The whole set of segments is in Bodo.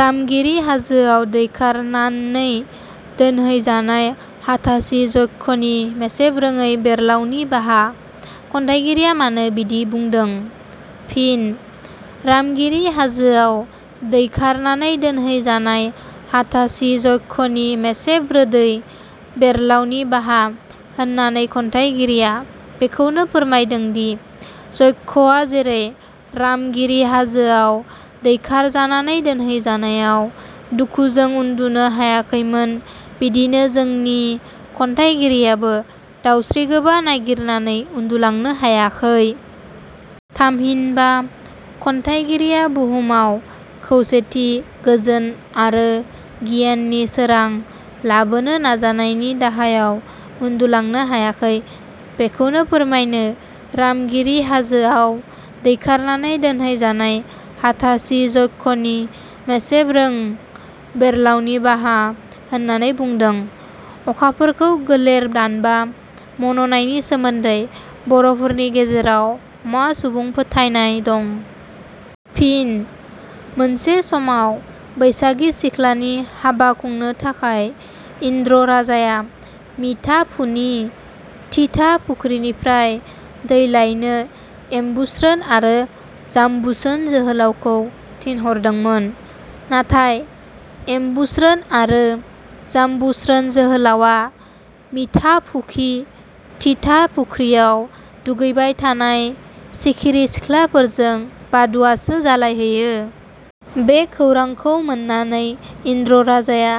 "रामगिरि हाजोआव दैखारनाननै दोनहैजानाय हाथासि जक्षनि मेसेबरोङै बेर्लावनि बाहा"- खन्थाइगिरिया मानो बिदि बुंदों? फिनः "रामगिरि हाजोआव दैखारनानै दोनहैजानाय हाथासि जक्षनि मेसेबरोडै बेर्लावनि बाहा" होननानै खन्थाइगिरिया बेखौनो फोरमायदोंदि जक्षआ जेरै रामगिरि हाजोआव दैखारजानानै दोनहैजानायाव दुखुजों उन्दुनो हायाखैमोन, बिदिनो जोंनि खन्थाइगिरियाबो दावस्रिगोबा नागिरनानै उन्दुलांनो हायाखै। थामहिनबा खन्थाइगिरिया बुहुमाव खौसेथि, गोजोन आरो गियाननि सोरां लाबोनो नाजानायनि दाहायाव उन्दुलांनो हायाखै, बेखौनो फोरमायनो "रामगिरि हाजो आव दैखारनानै दोनहैजानाय हाथासि जक्षनि मेसेबरोङ बेर्लावनि बाहा" होननानै बुंदों।.अखाफोरखौ गोलेर दानबा मन'नायनि सोमोन्दै बर 'फोरनि गेजेराव मा सुबुं फोथायनाय दं? फिन: मोनसे समाव बैसागि सिख्लानि हाबा खुंनो थाखाय इन्द्र राजाया मिथा फुनि थिथा फुख्रिनिफ्राय दै लायनो एम्बुस्रोन आरो जाम्बुसोन जोहोलावखौ थिनहरदोंमोन। नाथाय एम्बुस्रोन आरो जाम्बुस्रोन जोहोलावा मिथा फुखि थिथा फुख्रियाव दुगैबाय थानाय सिखिरि सिख्लाफोरजों बादुवासो जालायहैयो। बे खौरांखौ मोननानै इन्द्र राजाया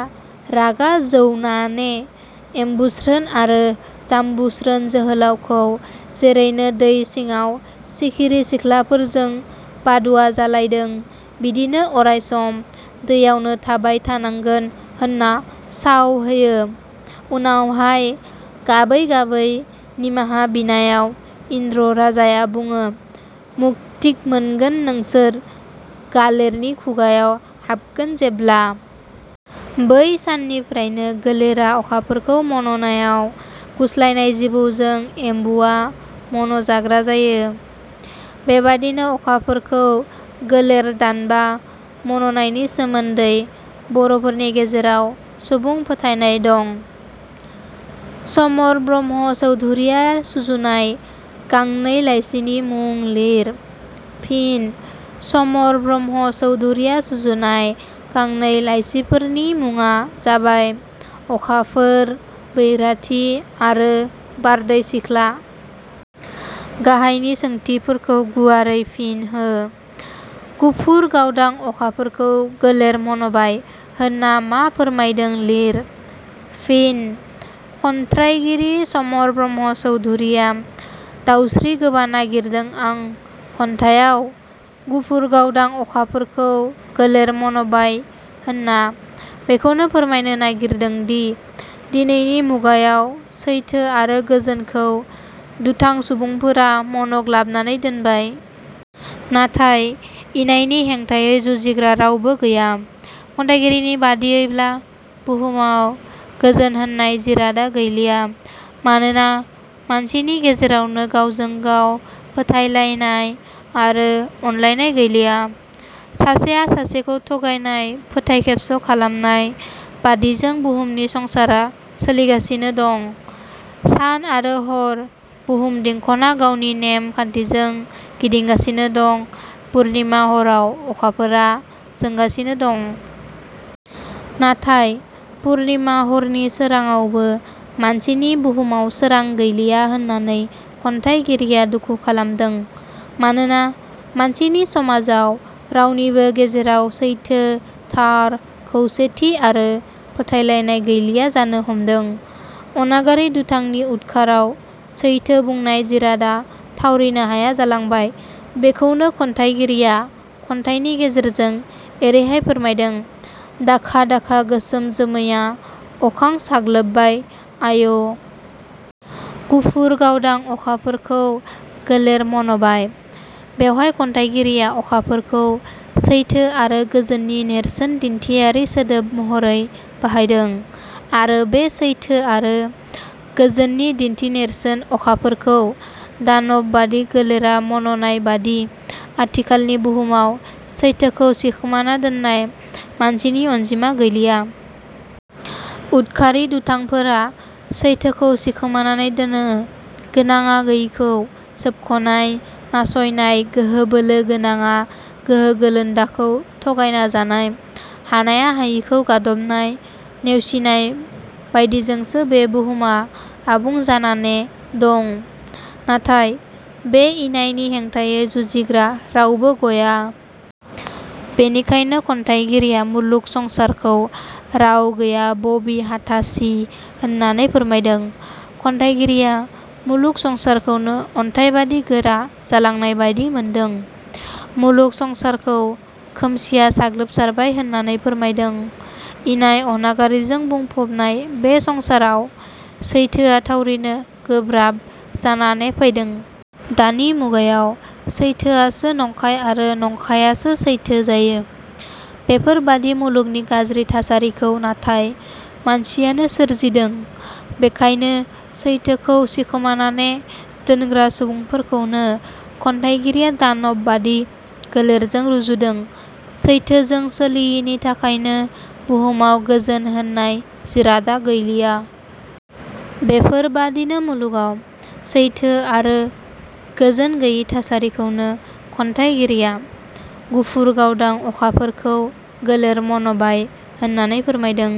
रागा जौनाने एम्बुस्रोन आरो जाम्बुस्रोन जोहोलावखौ जेरैनो दै सिङाव सिखिरि सिख्लाफोरजों बादुवा जालायदों बिदिनो अरायसम दैयावनो थाबाय थानांगोन होनना साव होयो। उनावहाय गाबै गाबै निमाहा बिनायाव इन्द्र राजाया बुङो- मुक्ति मोनगोन नोंसोर गालेरनि खुगायाव हाबगोन जेब्ला। बै साननिफ्रायनो गोलेरा अखाफोरखौ मननायाव गुस्लायनाय जिबौजों एम्बुवा मन 'जाग्रा जायो। बेबादिनो अखाफोरखौ गोलेर दानबा मन 'नायनि सोमोन्दै बर 'फोरनि गेजेराव सुबुं फोथायनाय दं।. समर ब्रह्म चौधुरिया सुजुनाय गांनै लाइसिनि मुं लिर। फिनः चमर ब्रह्म चौधुरिया सुजुनाय गांनै लाइसिफोरनि मुङा जाबाय- 'अखाफोर', 'बैराथि आरो 'बारदै सिख्ला'। गाहायनि सोंथिफोरखौ गुवारै फिन होः. 'गुफुर गावदां अखाफोरखौ गोलेर मनबाय' होनना मा फोरमायदों लिर। फिनः खन्थ्राइगिरि चमर ब्रह्म चौधुरिया 'दावस्रि गोबा नागिरदों आं' खन्थाइयाव 'गुफुर गावदां अखाफोरखौ गोलेर मनबाय' होनना बेखौनो फोरमायनो नागिरदोंदि, दिनैनि मुगायाव सैथो आरो गोजोनखौ दुथां सुबुंफोरा मन'ग्लाबनानै दोनबाय। नाथाय इनायनि हेंथायै जुजिग्रा रावबो गैया। खन्थाइगिरिनि बादियैब्ला बुहुमाव गोजोन होननाय जिरादा गैलिया। मानोना मानसिनि गेजेरावनो गावजों गाव फोथायलायनाय आरो अनलायनाय गैलिया। सासेया सासेखौ थगायनाय, फोथायखेबस' खालामनाय, बादिजों बुहुमनि संसारा सोलिगासिनो दं। सान आरो हर बुहुम दिंखना गावनि नेम खान्थिजों गिदिंगासिनो दं, पुरनिमा हराव अखाफोरा जोंगासिनो दं। नाथाय पुरनिमा हरनि सोराङावबो मानसिनि बुहुमाव सोरां गैलिया होननानै खन्थाइगिरिया दुखु खालामदों। मानोना मानसिनि समाजाव रावनिबो गेजेराव सैथो, थार, खौसेथि आरो फोथायलायनाय गैलिया जानो हमदों। अनागारि दुथांनि उदखाराव सैथो बुंनाय जिरादा थावरिनो हाया जालांबाय, बेखौनो खन्थाइगिरिया खन्थाइनि गेजेरजों एरैहाय फोरमायदों- दाखा दाखा गोसोम जोमैया अखां साग्लोबबाय, आय'! गुफुर गावदां अखाफोरखौ गोलेर मन 'बाय। बेवहाय खन्थाइगिरिया अखाफोरखौ सैथो आरो गोजोननि नेरसोन दिन्थियारि सोदोब महरै बाहायदों। आरो बे सैथो आरो गोजोननि दिन्थिनेरसोन अखाफोरखौ दानब बादि गोलेरा मन 'नाय बादि आथिखालनि बुहुमाव सैथोखौ सिखमाना दोननाय मानसिनि अनजिमा गैलिया। उदखारि दुथांफोरा सैथोखौ सिखमानानै दोनो। गोनाङा गैयिखौ, सोबख 'नाय, नासयनाय, गोहो-बोलो गोनाङा गोहो गोलोन्दाखौ थगायना जानाय, हानाया हायिखौ गादबनाय, नेवसिनाय बायदिजोंसो बे बुहुमा आबुं जानाने दं। नाथाय बे इनायनि हेंथायै जुजिग्रा रावबो गया। बेखायनो खन्थाइगिरिया मुलुग संसारखौ राव गैया बबि हाथासि होननानै फोरमायदों। खन्थाइगिरिया मुलुग संसारखौनो अन्थाइबादि गोरा जालांनायबादि मोनदों। मुलुग संसारखौ खोमसिया साग्लोबसारबाय होननानै फोरमायदों। इनाय अनागारिजों बुंफबनाय बे संसाराव सैथोआ थावरिनो गोब्राब जानाने फैदों। दानि मुगायाव सैथोआसो नंखाय आरो नंखायासो सैथो जायो। बेफोर बादि मुलुगनि गाज्रि थासारिखौ नाथाय मानसियानो सोरजिदों। बेखायनो सैथोखौ सिखमानाने दोनग्रा सुबुंफोरखौनो खन्थाइगिरिया दानब बादि गोलेरजों रुजुदों। सैथोजों सोलियिनि थाखायनो बुहुमाव गोजोन होननाय जिरादा गैलिया। बेफोरबादिनो मुलुगाव सैथो आरो गोजोन गैयि थासारिखौनो खन्थाइगिरिया 'गुफुर गावदां अखाफोरखौ गोलेर मनबाय' होननानै फोरमायदों।